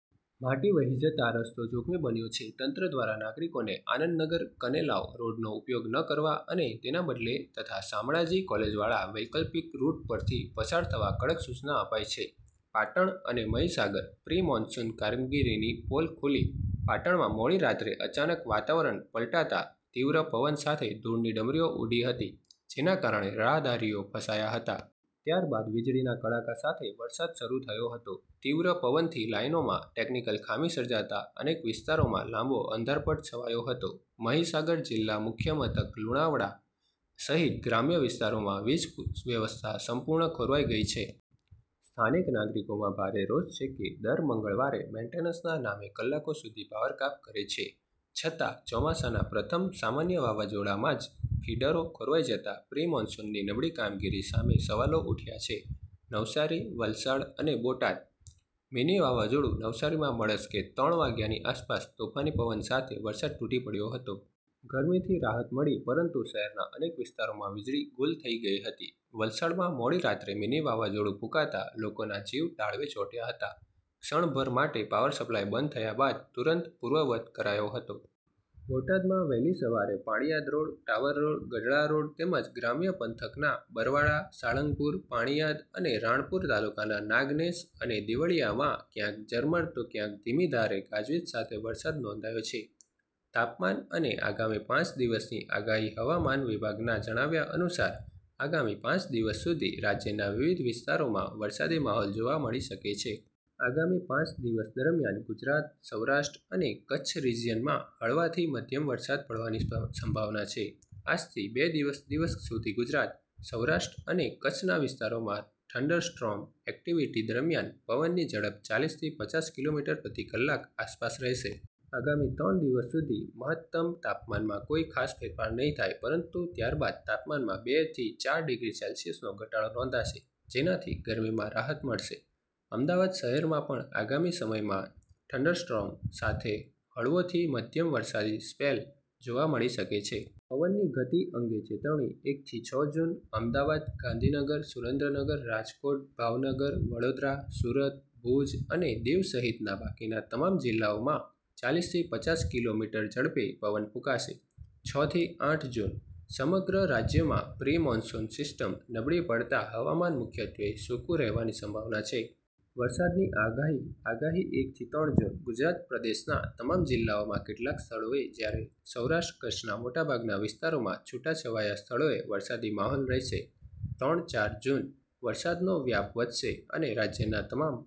માટી વહી જતાં રસ્તો જોખમી બન્યો છે. તંત્ર દ્વારા નાગરિકોને આનંદનગર-કનેલાવ રોડનો ઉપયોગ ન કરવા અને તેના બદલે તથા શામળાજી કોલેજવાળા વૈકલ્પિક રૂટ પરથી પસાર થવા કડક સૂચના અપાઈ છે.પાટણ અને મહીસાગર: પ્રી-મોન્સૂન કામગીરીની પોલ ખૂલી પાટણમાં મોડી રાત્રે અચાનક વાતાવરણ પલટાતા તીવ્ર પવન સાથે ધૂળની ડમરીઓ ઉડી હતી, જેના કારણે રાહદારીઓ ફસાયા હતા. ત્યારબાદ વીજળીના કડાકા સાથે વરસાદ શરૂ થયો હતો. તીવ્ર પવનથી લાઈનોમાં ટેકનિકલ ખામી સર્જાતા અનેક વિસ્તારોમાં લાંબો અંધારપટ છવાયો હતો. મહીસાગર જિલ્લા મુખ્ય મથક લુણાવાડા સહિત ગ્રામ્ય વિસ્તારોમાં વીજ વ્યવસ્થા સંપૂર્ણ ખોરવાઈ ગઈ છે. સ્થાનિક નાગરિકોમાં ભારે રોષ છે કે દર મંગળવારે મેન્ટેનન્સના નામે કલાકો સુધી પાવર કાપ કરે છે, છતાં ચોમાસાના પ્રથમ સામાન્ય વાવાઝોડામાં જ ફીડરો ખોરવાઈ જતાં પ્રી-મોન્સૂનની નબળી કામગીરી સામે સવાલો ઉઠ્યા છે. નવસારી, વલસાડ અને બોટાદ: મિની વાવાઝોડું નવસારીમાં મળસ્કે ત્રણ વાગ્યાની આસપાસ તોફાની પવન સાથે વરસાદ તૂટી પડ્યો હતો. ગરમીથી રાહત મળી પરંતુ શહેરના અનેક વિસ્તારોમાં વીજળી ગૂલ થઈ ગઈ હતી. વલસાડમાં મોડી રાત્રે મિની વાવાઝોડું ફૂંકાતા લોકોના જીવ તાળવે ચોંટ્યા હતા. ક્ષણભર માટે પાવર સપ્લાય બંધ થયા બાદ તુરંત પૂર્વવત કરાયો હતો. બોટાદમાં વહેલી સવારે Paliyad road, tower road, Gadhada road તેમજ ગ્રામ્ય પંથકના બરવાળા, સાળંગપુર, પાળીયાદ અને રાણપુર તાલુકાના નાગનેશ અને દિવળિયામાં ક્યાંક ઝરમર તો ક્યાંક ધીમીધારે ગાજવીજ સાથે વરસાદ નોંધાયો છે. તાપમાન અને આગામી પાંચ દિવસની આગાહી હવામાન વિભાગના જણાવ્યા અનુસાર, આગામી પાંચ દિવસ સુધી રાજ્યના વિવિધ વિસ્તારોમાં વરસાદી માહોલ જોવા મળી શકે છે. આગામી પાંચ દિવસ દરમિયાન ગુજરાત, સૌરાષ્ટ્ર અને કચ્છ રીઝિયનમાં હળવાથી મધ્યમ વરસાદ પડવાની સંભાવના છે. આજથી બે દિવસ દિવસ સુધી ગુજરાત, સૌરાષ્ટ્ર અને કચ્છના વિસ્તારોમાં થંડરસ્ટોર્મ એક્ટિવિટી દરમિયાન પવનની ઝડપ ચાલીસ થી પચાસ કિલો મીટર પ્રતિ કલાક આસપાસ રહેશે. આગામી ત્રણ દિવસ સુધી મહત્તમ તાપમાનમાં કોઈ ખાસ ફેરફાર નહીં થાય, પરંતુ ત્યારબાદ તાપમાનમાં બે થી ચાર ડિગ્રી સેલ્સિયસનો ઘટાડો નોંધાશે, જેનાથી ગરમીમાં રાહત મળશે. અમદાવાદ શહેરમાં પણ આગામી સમયમાં થંડરસ્ટોર્મ સાથે હળવોથી મધ્યમ વરસાદી સ્પેલ જોવા મળી શકે છે. પવનની ગતિ અંગે ચેતવણી એક થી છ જૂન: અમદાવાદ, ગાંધીનગર, સુરેન્દ્રનગર, રાજકોટ, ભાવનગર, વડોદરા, સુરત, ભુજ અને દીવ સહિતના બાકીના તમામ જિલ્લાઓમાં ચાલીસ થી પચાસ કિલો મીટર ઝડપે પવન ફૂંકાશે. છ થી આઠ જૂન: સમગ્ર રાજ્યમાં પ્રી-મોન્સૂન સિસ્ટમ નબળી પડતાં હવામાન મુખ્યત્વે સૂકું રહેવાની સંભાવના છે. વરસાદની આગામી આગાહી એક થી ત્રણ જૂન: ગુજરાત પ્રદેશના તમામ જિલ્લાઓમાં કેટલાક સ્થળોએ જ્યારે સૌરાષ્ટ્ર-કચ્છના મોટાભાગના વિસ્તારોમાં છૂટાછવાયા સ્થળોએ વરસાદી માહોલ રહેશે. ત્રણ ચાર જૂન: વરસાદનો વ્યાપ વધશે અને રાજ્યના તમામ